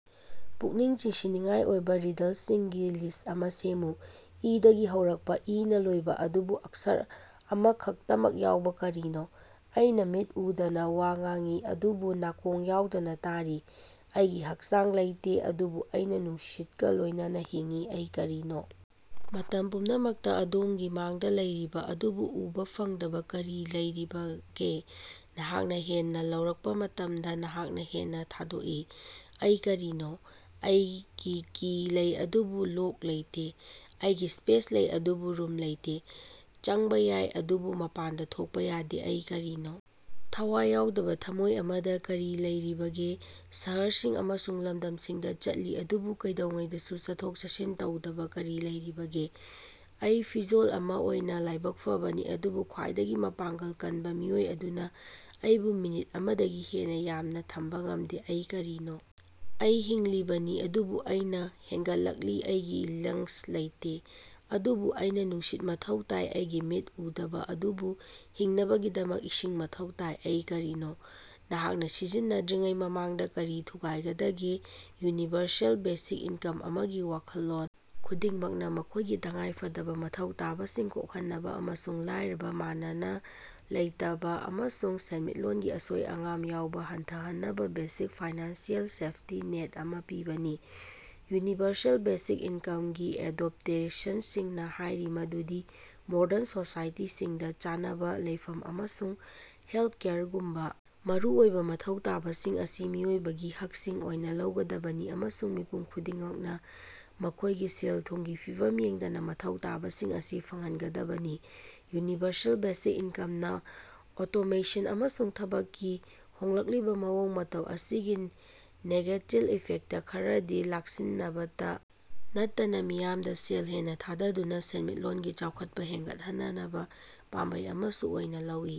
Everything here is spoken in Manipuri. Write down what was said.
ꯄꯨꯛꯅꯤꯡ ꯆꯤꯡꯁꯤꯟꯅꯤꯡꯉꯥꯏ ꯑꯣꯏꯕ ꯔꯤꯗꯂꯁꯤꯡꯒꯤ ꯂꯤꯁ꯭ꯠ ꯑꯃꯥ ꯁꯦꯝꯃꯨ꯫ ꯏꯗꯒꯤ ꯍꯧꯔꯛꯄꯥ, ꯏꯅꯥ ꯂꯣꯏꯕ, ꯑꯗꯨꯕꯨ ꯑꯛꯁꯔ ꯑꯃꯈꯛꯇꯃꯛ ꯌꯥꯎꯕ ꯀꯔꯤꯅꯣ? ꯑꯩꯅꯥ ꯃꯤꯠ ꯎꯗꯅꯥ ꯋꯥ ꯉꯥꯡꯏ ꯑꯃꯁꯨꯡ ꯅꯥꯀꯣꯡ ꯌꯥꯎꯗꯅ ꯇꯥꯔꯤ꯫ ꯑꯩꯒꯤ ꯍꯛꯆꯥꯡ ꯂꯩꯇꯦ ꯑꯗꯨꯕꯨ ꯑꯩꯅꯥ ꯅꯨꯡꯁꯤꯠꯀꯥ ꯂꯣꯏꯅꯅꯥ ꯍꯤꯡꯏ꯫ ꯑꯩ ꯀꯔꯤꯅꯣ? ꯃꯇꯝ ꯄꯨꯝꯅꯃꯛꯇꯥ ꯑꯗꯣꯝꯒꯤ ꯃꯥꯡꯗꯥ ꯂꯩꯔꯤꯕ ꯑꯗꯨꯕꯨ ꯎꯕꯥ ꯐꯪꯗꯕ ꯀꯔꯤ ꯂꯩꯔꯤꯕꯒꯦ? ꯅꯍꯥꯛꯅꯥ ꯍꯦꯟꯅ ꯂꯧꯔꯛꯄ ꯃꯇꯝꯗ ꯅꯍꯥꯛꯅꯥ ꯍꯦꯟꯅ ꯊꯥꯗꯣꯛꯏ꯫ ꯑꯩ ꯀꯔꯤꯅꯣ? ꯑꯩꯒꯤ ꯀꯤ ꯂꯩ ꯑꯗꯨꯕꯨ ꯂꯣꯛ ꯂꯩꯇꯦ꯫ ꯑꯩꯒꯤ ꯁ꯭ꯄꯦꯁ ꯂꯩ ꯑꯗꯨꯕꯨ ꯔꯨꯝ ꯂꯩꯇꯦ꯫ ꯆꯪꯕꯥ ꯌꯥꯏ, ꯑꯗꯨꯕꯨ ꯃꯄꯥꯟꯗꯥ ꯊꯣꯛꯄꯥ ꯌꯥꯗꯦ꯫ ꯑꯩ ꯀꯔꯤꯅꯣ? ꯊꯋꯥꯏ ꯌꯥꯎꯗꯕ ꯊꯝꯃꯣꯏ ꯑꯃꯗꯥ ꯀꯔꯤ ꯂꯩꯔꯤꯕꯒꯦ? ꯁꯍꯔꯁꯤꯡ ꯑꯃꯁꯨꯡ ꯂꯝꯗꯝꯁꯤꯡꯗꯥ ꯆꯠꯂꯤ ꯑꯗꯨꯕꯨ ꯀꯩꯗꯧꯉꯩꯗꯁꯨ ꯆꯠꯊꯣꯛ-ꯆꯠꯁꯤꯟ ꯇꯧꯗꯕꯥ ꯀꯔꯤ ꯂꯩꯔꯤꯕꯒꯦ? ꯑꯩ ꯐꯤꯖꯣꯜ ꯑꯃꯥ ꯑꯣꯏꯅ ꯂꯥꯏꯕꯛ ꯐꯕꯅꯤ ꯑꯗꯨꯕꯨ ꯈ꯭ꯋꯥꯏꯗꯒꯤ ꯃꯄꯥꯡꯒꯜ ꯀꯟꯕ ꯃꯤꯑꯣꯏ ꯑꯗꯨꯅꯥ ꯑꯩꯕꯨ ꯃꯤꯅꯤꯠ ꯑꯃꯗꯒꯤ ꯍꯦꯟꯅ ꯌꯥꯝꯅ ꯊꯝꯕ ꯉꯝꯗꯦ꯫ ꯑꯩ ꯀꯔꯤꯅꯣ? ꯑꯩ ꯍꯤꯡꯂꯤꯕꯅꯤ, ꯑꯗꯨꯕꯨ ꯑꯩꯅꯥ ꯍꯦꯟꯒꯠꯂꯛꯂꯤ ꯑꯩꯒꯤ ꯂꯪꯁ ꯂꯩꯇꯦ, ꯑꯗꯨꯕꯨ ꯑꯩꯅꯥ ꯅꯨꯡꯁꯤꯠ ꯃꯊꯧ ꯇꯥꯏ ꯑꯩꯒꯤ ꯃꯤꯠ ꯎꯗꯕꯥ ꯑꯗꯨꯕꯨ ꯍꯤꯡꯅꯕꯒꯤꯗꯃꯛ ꯏꯁꯤꯡ ꯃꯊꯧ ꯇꯥꯏ꯫ ꯑꯩ ꯀꯔꯤꯅꯣ? ꯅꯍꯥꯛꯅꯥ ꯁꯤꯖꯤꯟꯅꯗ꯭ꯔꯤꯉꯩ ꯃꯃꯥꯡꯗꯥ ꯀꯔꯤ ꯊꯨꯒꯥꯏꯒꯗꯒꯦ? ꯌꯨꯅꯤꯚꯔꯁꯦꯜ ꯕꯦꯁꯤꯛ ꯏꯟꯀꯝ ꯑꯃꯒꯤ ꯋꯥꯈꯜꯂꯣꯟ ꯈꯨꯗꯤꯡꯃꯛꯅꯥ ꯃꯈꯣꯏꯒꯤ ꯇꯉꯥꯏꯐꯗꯕ ꯃꯊꯧ ꯇꯥꯕꯁꯤꯡ ꯀꯣꯛꯍꯟꯅꯕ ꯑꯃꯁꯨꯡ ꯂꯥꯏꯔꯕꯥ, ꯃꯥꯟꯅꯅ ꯂꯩꯇꯕ ꯑꯃꯁꯨꯡ ꯁꯦꯟꯃꯤꯠꯂꯣꯟꯒꯤ ꯑꯁꯣꯏ-ꯑꯉꯥꯝ ꯌꯥꯎꯕ ꯍꯟꯊꯍꯟꯅꯕꯥ ꯕꯦꯁꯤꯛ ꯐꯥꯏꯅꯥꯟꯁꯤꯑꯦꯜ ꯁꯦꯐꯇꯤ ꯅꯦꯠ ꯑꯃꯥ ꯄꯤꯕꯅꯤ꯫ ꯌꯨꯅꯤꯚꯔꯁꯦꯜ ꯕꯦꯁꯤꯛ ꯏꯟꯀꯝꯒꯤ ꯑꯦꯗꯣꯞꯇꯦꯔꯁꯤꯡꯅꯥ ꯍꯥꯏꯔꯤ ꯃꯗꯨꯗꯤ ꯃꯣꯗꯔꯟ ꯁꯣꯁꯥꯏꯇꯤꯁꯤꯡꯗꯥ ꯆꯥꯅꯕ, ꯂꯩꯐꯝ ꯑꯃꯁꯨꯡ ꯍꯦꯜꯊꯀꯦꯌꯔꯒꯨꯝꯕꯥ ꯃꯔꯨꯑꯣꯏꯕꯥ ꯃꯊꯧ ꯇꯥꯕꯁꯤꯡ ꯑꯁꯤ ꯃꯤꯑꯣꯏꯕꯒꯤ ꯍꯛꯁꯤꯡ ꯑꯣꯏꯅ ꯂꯧꯒꯗꯕꯅꯤ, ꯑꯃꯁꯨꯡ ꯃꯤꯄꯨꯝ ꯈꯨꯗꯤꯡꯃꯛꯅꯥ ꯃꯈꯣꯏꯒꯤ ꯁꯦꯜ-ꯊꯨꯝꯒꯤ ꯐꯤꯚꯝ ꯌꯦꯡꯗꯅꯥ ꯃꯊꯧ ꯇꯥꯕꯁꯤꯡ ꯑꯁꯤ ꯐꯪꯍꯟꯒꯗꯕꯅꯤ꯫ ꯌꯨꯅꯤꯚꯔꯁꯦꯜ ꯕꯦꯁꯤꯛ ꯏꯟꯀꯝꯅꯥ ꯑꯣꯇꯣꯃꯦꯁꯟ ꯑꯃꯁꯨꯡ ꯊꯕꯛꯀꯤ ꯍꯣꯡꯂꯛꯂꯤꯕ ꯃꯑꯣꯡ ꯃꯇꯧ ꯑꯁꯤꯒꯤ ꯅꯦꯒꯦꯇꯤꯜ ꯏꯐꯦꯛꯇ ꯈꯔꯗꯤ ꯂꯥꯛꯁꯤꯟꯅꯕꯇ ꯅꯠꯇꯅꯥ ꯃꯤꯌꯥꯝꯗ ꯁꯦꯜ ꯍꯦꯟꯅꯥ ꯊꯥꯗꯗꯨꯅꯥ ꯁꯦꯟꯃꯤꯠꯂꯣꯟꯒꯤ ꯆꯥꯎꯈꯠꯄꯥ ꯍꯦꯟꯒꯠꯍꯟꯅꯕ ꯄꯥꯝꯕꯩ ꯑꯃꯁꯨ ꯑꯣꯏꯅ ꯂꯧꯏ꯫